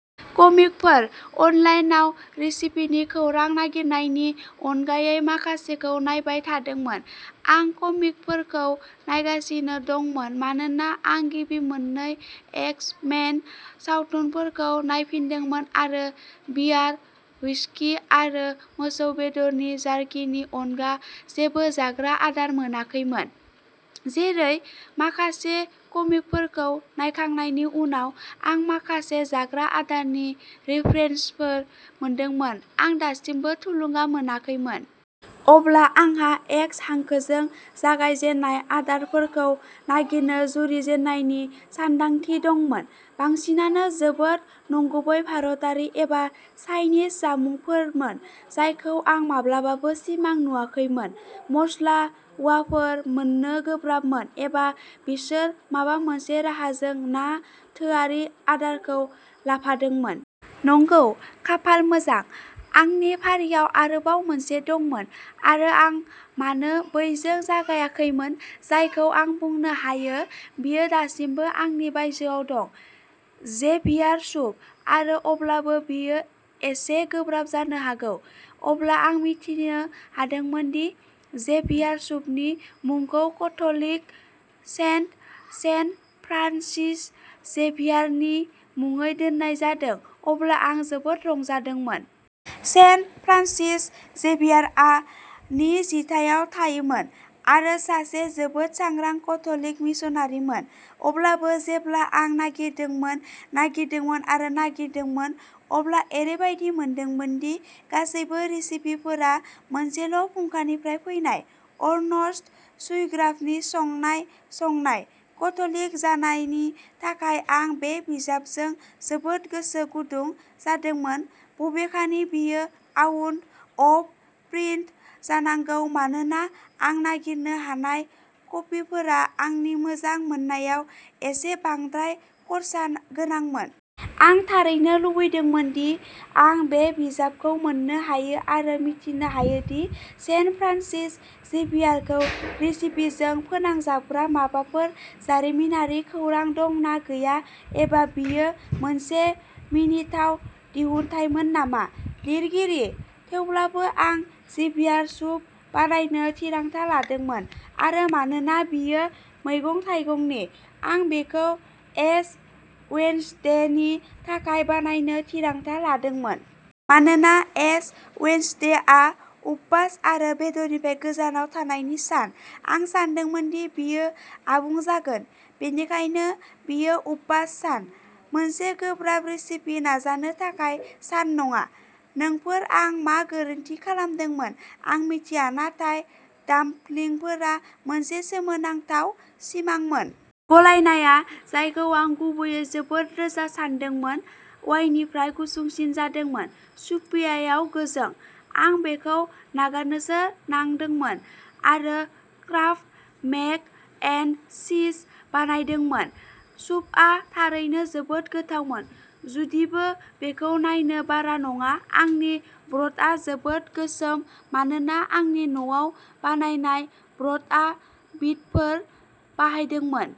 कमिकफोर-अनलाइनआव रेसिपिनि खौरां नागिरनायनि अनगायै माखासेखौ नायबाय थादोंमोन। आं कमिकफोरखौ नायगासिनो दंमोन मानोना आं गिबि मोननै एक्स-मेन सावथुनफोरखौ नायफिनदोंमोन आरो बियार, हुइस्कि, आरो मोसौ बेदरनि जार्किनि अनगा जेबो जाग्रा आदार मोनाखैमोन। जेरै। माखासे कमिकफोरखौ नायखांनायनि उनाव, आं माखासे जाग्रा आदारनि रिफरेन्सफोर मोनदोंमोन, आं दासिमबो थुलुंगा मोनाखैमोन। अब्ला आंहा एक्स हांखोजों जागायजेन्नाय आदारफोरखौ नागिरनो जुरिजेननायनि सानदांथि दंमोन। बांसिनानो जोबोद नंगुबै भारतारि एबा चाइनिज जामुंफोरमोन जायखौ आं माब्लाबाबो सिमां नुवाखैमोन-मस्ला मुवाफोर मोननो गोब्राबमोन एबा बिसोर माबा मोनसे राहाजों नाथोआरि आदारखौ लाफादोंमोन। नंगौ। खाफाल मोजां, आंनि फारियाव आरोबाव मोनसे दंमोन, आरो आं मानो बैजों जागायाखैमोन जायखौ आं बुंनो हायो, बेयो दासिमबो आंनि बायजोआव दं। Xavier soup! आरो अब्लाबो, बेयो एसे गोब्राब जानो हागौ। जेब्ला आं मिथिनो हादोंमोन दि जेभियार सुपनि मुंखौ कथ'लिक सेन्ट, सेन्ट फ्रान्सिस जेभियारनि मुङै दोननाय जादों, अब्ला आं जोबोद रंजादोंमोन। सेन्ट फ्रान्सिस जेभियारआ नि जिथायाव थायोमोन आरो सासे जोबोद सांग्रां केथ'लिक मिशनारिमोन। अब्लाबो, जेब्ला आं नागिरदोंमोन, नागिरदोंमोन, आरो नागिरदोंमोन, अब्ला ओरैबायदि मोनदोंमोन दि गासैबो रेसिपिफोरा मोनसेल'फुंखानिफ्राय फैनायः अर्नस्ट शुएग्राफनि संनाय संनाय। केथ'लिक जानायनि थाखाय, आं बे बिजाबजों जोबोद गोसो गुदुं जादोंमोन, बबेखानि, बेयो आउट अफ प्रिन्ट जानांगौ, मानोना आं नागिरनो हानाय कपिफोरा आंनि मोजां मोननायाव एसे बांद्राय खर्सा गोनांमोन। आं थारैनो लुबैदोंमोन दि आं बे बिजाबखौ मोन्नो हायो आरो मिथिनो हायो दि सेन्ट फ्रान्सिस जेभियारखौ रेसिपिजों फोनांजाबग्रा माबाफोर जारिमिनारि खौरां दं ना गैया एबा बेयो मोनसे मिनिथाव दिहुनथायमोन नामा। लिरगिरि। थेवब्लाबो, आं जेभियार सुप बानायनो थिरांथा लादोंमोन-आरो मानोना बेयो मैगं-थाइगंनि, आं बेखौ एश वेन्सडेनि थाखाय बानायनो थिरांथा लादोंमोन। मानोना एश वेन्सडेआ उपबास आरो बेदरनिफ्राय गोजानाव थानायनि सान, आं सानदोंमोन दि बेयो आबुं जागोन! बेनिखायनो, बेयो उपबास सान, मोनसे गोब्राब रेसिपि नाजानो थाखाय सान नङा। नोंफोर-आं मा गोरोन्थि खालामदोंमोन आं मिथिया, नाथाय डाम्पलिंफोरा मोनसे सोमोनांथाव सिमांमोन! गलायनाया, जायखौ आं गुबैयै जोबोद रोजा सान्दोंमोन, वाएनिफ्राय गुसुंसिम जोबदोंमोन, सुपियाव गोजों। आं बेखौ नागारनोसो नांदोंमोन आरो क्राफ्ट मेक एन्ड चीज बानायदोंमोन। सुपआ थारैनो जोबोद गोथाव, जुदिबो बेखौ नायनो बारा नङा आंनि ब्रथआ जोबोद गोसोम मानोना आंनि न'आव बानायनाय ब्रथआ बिटफोर बाहायदोंमोन।